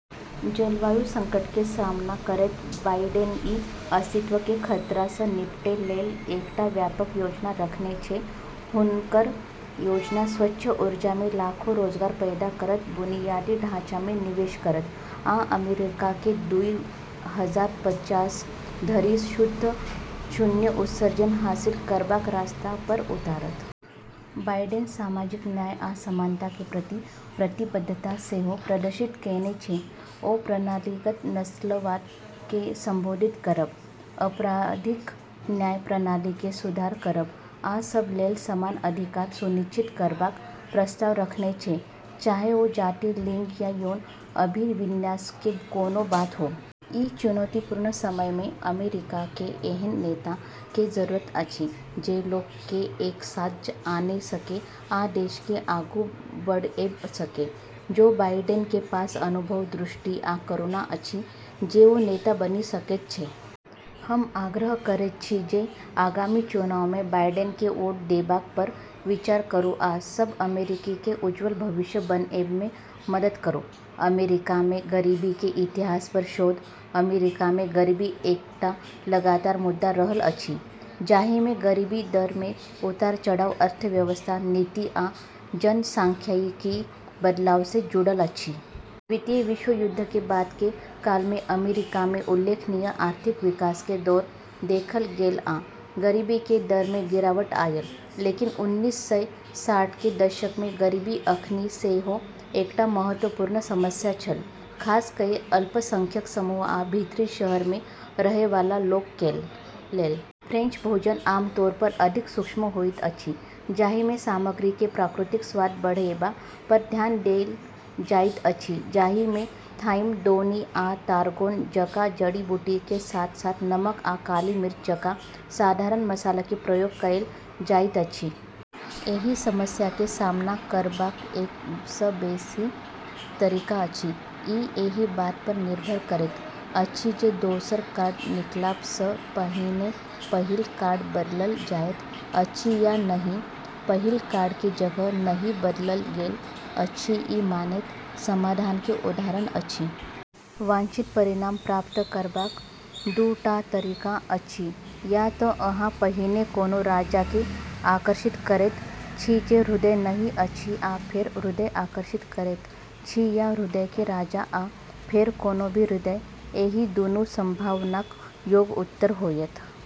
जलवायु संकट के सामना करैत बाइडेन ई अस्तित्व के खतरा सँ निपटै लेल एकटा व्यापक योजना रखने छै। हुनकर योजना स्वच्छ ऊर्जा मे लाखो रोजगार पैदा करत, बुनियादी ढाँचा मे निवेश करत, आ अमेरिका के दुई हजार पचास धरि शुद्ध शून्य उत्सर्जन हासिल करबाक रास्ता पर उतारत। बाइडेन सामाजिक न्याय आ समानता के प्रति प्रतिबद्धता सेहो प्रदर्शित केने छै। ओ प्रणालीगत नस्लवाद के संबोधित करब, आपराधिक न्याय प्रणाली मे सुधार करब, आ सब लेल समान अधिकार सुनिश्चित करबाक प्रस्ताव रखने छै, चाहे ओ जाति, लिंग या यौन अभिविन्यास के कोनो बात हो। ई चुनौतीपूर्ण समय मे अमेरिका के एहन नेता के जरूरत अछि जे लोक के एक साथ आने सके आ देश के आगू बढ़एब सके। जो बाइडेन के पास अनुभव, दृष्टि, आ करुणा अछि जे ओ नेता बनि सकैत छै। हम आग्रह करैत छी जे आगामी चुनाव मे बाइडेन के वोट देबाक पर विचार करू आ सब अमेरिकी के उज्जवल भविष्य बनएब मे मदद करू। अमेरिका मे गरीबी के इतिहास पर शोध। अमेरिका मे गरीबी एकटा लगातार मुद्दा रहल अछि, जाहि मे गरीबी दर मे उतार-चढ़ाव अर्थव्यवस्था, नीति आ जनसांख्यिकीय बदलाव सँ जुडल अछि। द्वितीय विश्वयुद्ध के बाद के काल मे अमेरिका मे उल्लेखनीय आर्थिक विकास के दौर देखल गेल आ गरीबी के दर मे गिरावट आयल। लेकिन उन्नीस सय साठ के दशक मे गरीबी अखनी सेहो एकटा महत्वपूर्ण समस्या छल, खास कए अल्पसंख्यक समूह आ भीतरी शहर मे रहय वाला लोक लेल। फ्रेंच भोजन आम तौर पर अधिक सूक्ष्म होइत अछि, जाहि मे सामग्री के प्राकृतिक स्वाद बढ़एबा पर ध्यान देल जाइत अछि, जाहि मे थाइम, दौनी, आ तारगोन जकां जड़ी-बूटी के साथ-साथ नमक आ काली मिर्च जकां साधारण मसाला के प्रयोग कएल जाइत अछि। एहि समस्या के सामना करबाक एक सँ बेसी तरीका अछि, ई एहि बात पर निर्भर करैत अछि जे दोसर कार्ड निकालब सँ पहिने पहिल कार्ड बदलल जायत अछि या नहि। पहिल कार्ड के जगह नहि बदलल गेल अछि ई मानैत समाधान के उदाहरण अछि। वांछित परिणाम प्राप्त करबाक दू टा तरीका अछि या त अहाँ पहिने कोनो राजा के आकर्षित करैत छी जे हृदय नहि अछि आ फेर हृदय आकर्षित करैत छी या हृदय के राजा आ फेर कोनो भी हृदय। एहि दुनू संभावनाक योग उत्तर होयत।